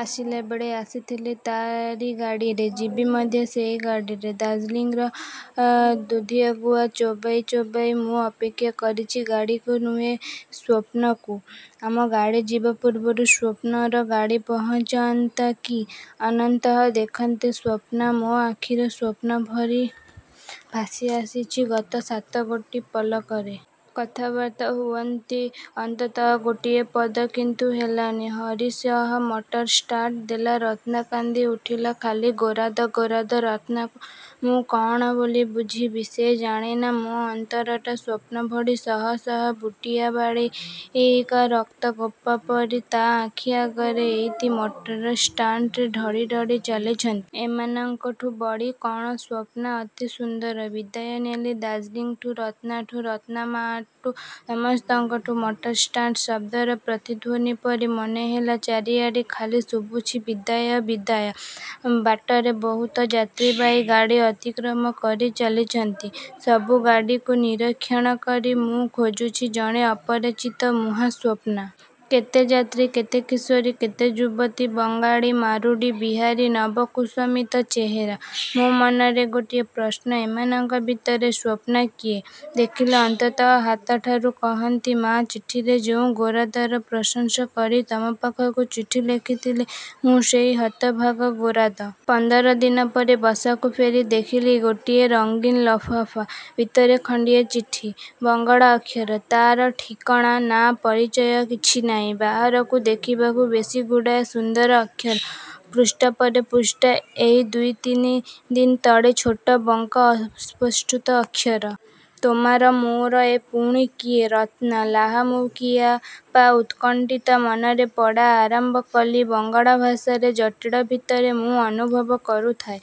ଆସିଲାବେଳେ ଆସିଥିଲି ତାରି ଗାଡ଼ିରେ, ଯିବି ମଧ୍ୟ ସେଇ ଗାଡ଼ିରେ। ଦାର୍ଜିଲିଂର ଦୁଧିଆଗୁଆ ଚୋବାଇ ଚୋବାଇ ମୁଁ ଅପେକ୍ଷା କରିଚି ଗାଡ଼ିକୁ ନୁହେଁ–ସ୍ୱପ୍ନାକୁ। ଆମ ଗାଡ଼ି ଯିବା ପୂର୍ବରୁ ସ୍ୱପ୍ନାର ଗାଡ଼ି ପହଞ୍ଚନ୍ତା କି। ଅନ୍ତତଃ ଦେଖନ୍ତି, ସ୍ୱପ୍ନା ମୋ ଆଖିରେ ସ୍ୱପ୍ନ ଭଳି ଭାସି ଆସିଚି ଗତ ସାତ ଗୋଟିଏ ପଲକରେ। କଥାବାର୍ତ୍ତା ହୁଅନ୍ତି ଅନ୍ତତଃ ଗୋଟିଏ ପଦ। କିନ୍ତୁ ହେଲାନି। ହରିସିଂର ମଟର ଷ୍ଟାର୍ଟ ଦେଲା। ରତ୍ନା କାନ୍ଦି ଉଠିଲା–ଖାଲି ଗୋରାଦା, ଗୋରାଦା। ରତ୍ନାକୁ ମୁଁ କ'ଣ ବୋଲି ବୁଝେଇବି-। ସେ ଜାଣେନା ମୋ ଅନ୍ତରଟା। ସ୍ୱପ୍ନା ଭଳି ଶହଶହ ବୁଟିଆବାଳିକା ରକ୍ତ-ଗୋଲାପପରି ତା' ଆଖି ଆଗରେ ଏଇତ ମଟର ଷ୍ଟାଣ୍ଡରେ ଢଳିଢଳି ଚାଲିଚନ୍ତି। ଏମାନଙ୍କଠୁ ବଳି କ'ଣ ସ୍ୱପ୍ନା ଅତି ସୁନ୍ଦର? ବିଦାୟ। ନେଲି ଦାର୍ଜିଲିଂଠୁ, ରତ୍ନାଠୁ, ରତ୍ନାମାଆଠୁ, ସମସ୍ତଙ୍କଠୁ। ମଟର ଷ୍ଟାଟ ଶବ୍ଦର ପ୍ରତିଧ୍ୱନି ପରି ମନେହେଲା, ଚାରିଆଡ଼େ ଖାଲି ଶୁଭୁଚି ବିଦାୟ, ବିଦାୟ– ବାଟରେ ବହୁତ ଯାତ୍ରୀବାହୀ ଗାଡ଼ି ଅତିକ୍ରମ କରି ଚାଲିଚନ୍ତି। ସବୁ ଗାଡ଼ିକୁ ନିରୀକ୍ଷଣ କରି ମୁଁ ଖୋଜୁଚି ଜଣେ ଅପରିଚିତାର ମୁହଁ–ସ୍ୱପ୍ନା। କେତେ ଯାତ୍ରୀ, କେତେ କିଶୋରୀ–କେତେ ଯୁବତୀ। ବଙ୍ଗାଳୀ, ମାରୁଆଡ଼ି, ବିହାରୀ-। ନବ କୁସମିତ ଚେହେରା। ମୋ ମନରେ ଗୋଟିଏ ପ୍ରଶ୍ନ, ଏମାନଙ୍କ ଭିତରେ ସ୍ୱପ୍ନା କିଏ? ଦେଖିଲେ ଅନ୍ତତଃ ହାତଠାରି କହନ୍ତି, ମା ଚିଠିରେ ଯେଉଁ ଗୋରାଦାର ପ୍ରଶଂସା କରି ତମ ପାଖକୁ ଚିଠି ଲେଖିଥିଲେ–ମୁଁ ସେହି ହତଭାଗା ଗୋରାଦା। ପନ୍ଦର ଦିନ ପରେ ବସାକୁ ଫେରି ଦେଖିଲି ଗୋଟିଏ ରଙ୍ଗୀନ ଲଫାଫା। ଭିତରେ ଖଣ୍ଡିଏ ଚିଠି। ବଙ୍ଗଳା ଅକ୍ଷର। ତାରିଖ, ଠିକ୍ଣା, ନା, ପରିଚୟ କିଛି ନାହିଁ। ବାହାରକୁ ଦେଖିବାକୁ ବେଶ୍ ଗୁଡ଼ିଏ ସୁନ୍ଦର ଅକ୍ଷର। ପୃଷ୍ଠା ପରେ ପୃଷ୍ଠା, ଏକ–ଦୁଇ–ତିନି। ତଳେ ଛୋଟ ବଙ୍କା ଅସସ୍ପଷ୍ଟ ଅକ୍ଷର। ''ତୋମାର '' ''ମୋର, ଏ ପୁଣି କିଏ? '' ''ରତ୍ନା? ଲାହାମୁକିପା? '' ଉତ୍କଣ୍ଠିତ ମନରେ ପଢ଼ା ଆରମ୍ଭ କଲି। ବଙ୍ଗଳା ଭାଷାର ଜଟିଳତା ଭିତରେ ମୁଁ ଅନୁଭବ କରୁଥାଏ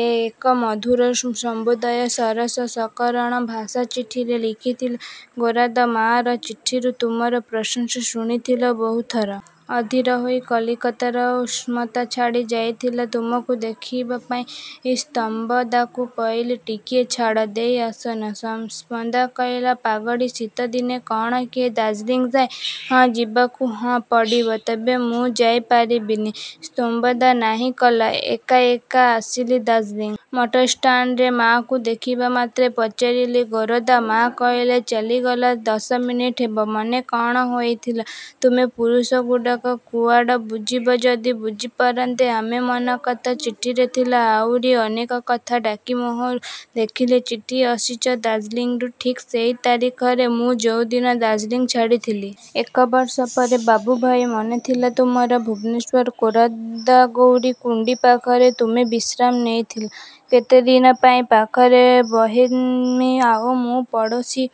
ଏକ ମଧୁର ସମ୍ବେଦନା। ସରସ ସକରୁଣ ଭାଷା। ଚିଠିରେ ଲେଖାଥିଲା– ଗୋରାଦା! ମାଆର ଚିଠିରୁ ତୁମର ପ୍ରଶଂସା ଶୁଣିଥିଲି ବହୁଥର। ଅଧୀର ହୋଇ କଲିକତାର ଉଷ୍ଣତା ଛାଡ଼ି ଯାଇଥିଲି ତୁମକୁ ଦେଖିବା ପାଇଁ ଶମ୍ଭଦାକୁ କହିଲି–ଟିକିଏ ଛାଡ଼ି ଦେଇ ଆସନା। ଶମ୍ଭୁଦା କହିଲା–ପାଗଳି; ଶୀତଦିନେ କ'ଣ କିଏ ଦାର୍ଜିଲିଂ ଯାଏ? ''ହଁ ଯିବାକୁ ହିଁ ପଡ଼ିବ। '' ''ତେବେ ମୁଁ ଯାଇ ପାରିବିନି''–ଶମ୍ଭୁଦା ନାହିଁ କଲା। ଏକା ଏକା ଆସିଲି ଦାର୍ଜିଲିଂ। ମଟର ଷ୍ଟାଣ୍ଡରେ ମାଆକୁ ଦେଖିବା ମାତ୍ରେ ପଚାରିଲି–ଗୋରାଦା? ମାଆ କହିଲେ–''ଚାଲିଗଲା ଦଶମିନିଟ ହେବ। '' ମନ କ'ଣ ହୋଇଥିବ ତୁମେ ପୁରୁଷଗୁଡ଼ାକ କୁଆଡ଼ୁ ବୁଝିବ? ଯଦି ବୁଝିପାରନ୍ତ ଆମ ମନକଥା '' ଚିଠିରେ ଥିଲା–ଆହୁରି ଅନେକ କଥା...। ଡାକମୋହରରୁ ଦେଖିଲି ଚିଠି ଆସିଚି ଦାର୍ଜିଲିଂରୁ ଠିକ୍ ସେହି ତାରିଖରେ ମୁଁ ଯେଉଁଦିନ ଦାର୍ଜିଲିଂ ଛାଡ଼ିଥିଲି। ଏକ ବର୍ଷ ପରେ ବାବୁଭାଇ। ମନେଥିବ ତୁମର ଭୁବନେଶ୍ୱର କେଦାରଗୌରୀ କୁଣ୍ଡ ପାଖରେ ତୁମେ ବିଶ୍ରାମ ନେଇଥିଲ କେତେଦିନ ପାଇଁ। ପାଖରେ ବହେନ୍ଜୀ ଆଉ ମୁଁ। ପଡ଼ିଶା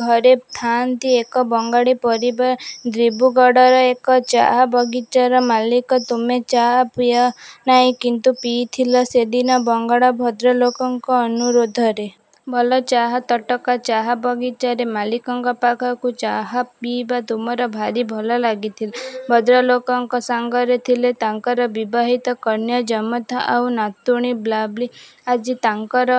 ଘରେ ଥାଆନ୍ତି ଏକ ବଙ୍ଗାଳୀ ପରିବାର–ଦିବ୍ରୁଗଡ଼ର ଏକ ଚାହା ବଗିଚାର ମାଲିକ। ତୁମେ ଚାହା ପିଅ ନାହିଁ, କିନ୍ତୁ ପିଇଥିଲ ସେଦିନ ବଙ୍ଗାଳୀ ଭଦ୍ରଲୋକଙ୍କ ଅନୁରୋଧରେ। ଭଲ ଚାହା, ତଟକା। ଚାହା ବଗିଚାର ମାଲିକଙ୍କ ପାଖରୁ ଚାହା ପିଇବା ତୁମକୁ ଭାରି ଭଲ ଲାଗିଥିଲା। ଭଦ୍ରଲୋକଙ୍କ ସାଙ୍ଗରେ ଥିଲେ ତାଙ୍କର ବିବାହିତା କନ୍ୟା, ଜାମାତା ଆଉ ନାତୁଣୀ ବାବ୍ଲି। ଆଜି ତାଙ୍କରି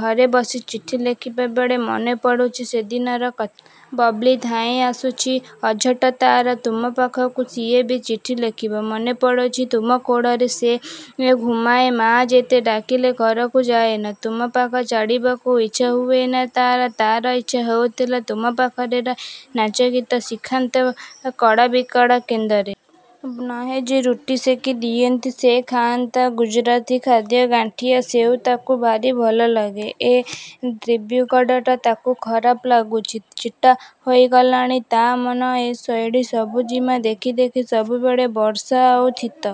ଘରେ ବସି ଚିଠି ଲେଖିଲାବେଳେ ମନେ ପଡ଼ୁଚି ସେଦିନର କଥା। ବାବ୍ଲି ଧାଇଁ ଆସୁଛି, ଅଝଟ ତାର ତୁମ ପାଖକୁ ସିଏ ବି ଚିଠି ଲେଖିବ। ମନେ ପଡ଼ୁଚି ତୁମ କୋଳରେ ସେ ଘୁମାଏ, ମା' ଯେତେ ଡାକିଲେ ଘରକୁ ଯାଏନା। ତୁମ ପାଖ ଛାଡ଼ିବାକୁ ଇଚ୍ଛା ହୁଏନି ତାର। ତାର ଇଚ୍ଛା ହେଉଥିଲା, ତୁମ ପାଖରେ ରହି ନାଚ ଗୀତ ଶିଖନ୍ତା କଳାବିକାଶ କେନ୍ଦ୍ରରେ। ବହେନ୍ଜୀ ରୁଟି ସେକି ଦିଅନ୍ତେ ସେ ଖାଆନ୍ତା। ଗୁଜୁରାଟୀ ଖାଦ୍ୟ ଗାଣ୍ଠିଆ, ସେଉ ତାକୁ ଭାରି ଭଲଲାଗେ। ଏ ଦିବ୍ରୁଗଡ଼ଟା ତାକୁ ଖରାପ ଲାଗୁଚି। ଚିଟା ହୋଇଗଲାଣି ତା ମନ ଏ ଶୈଳ-ସବୁଜିମା ଦେଖି ଦେଖି। ସବୁବେଳେ ବର୍ଷା ଆଉ ଶୀତ।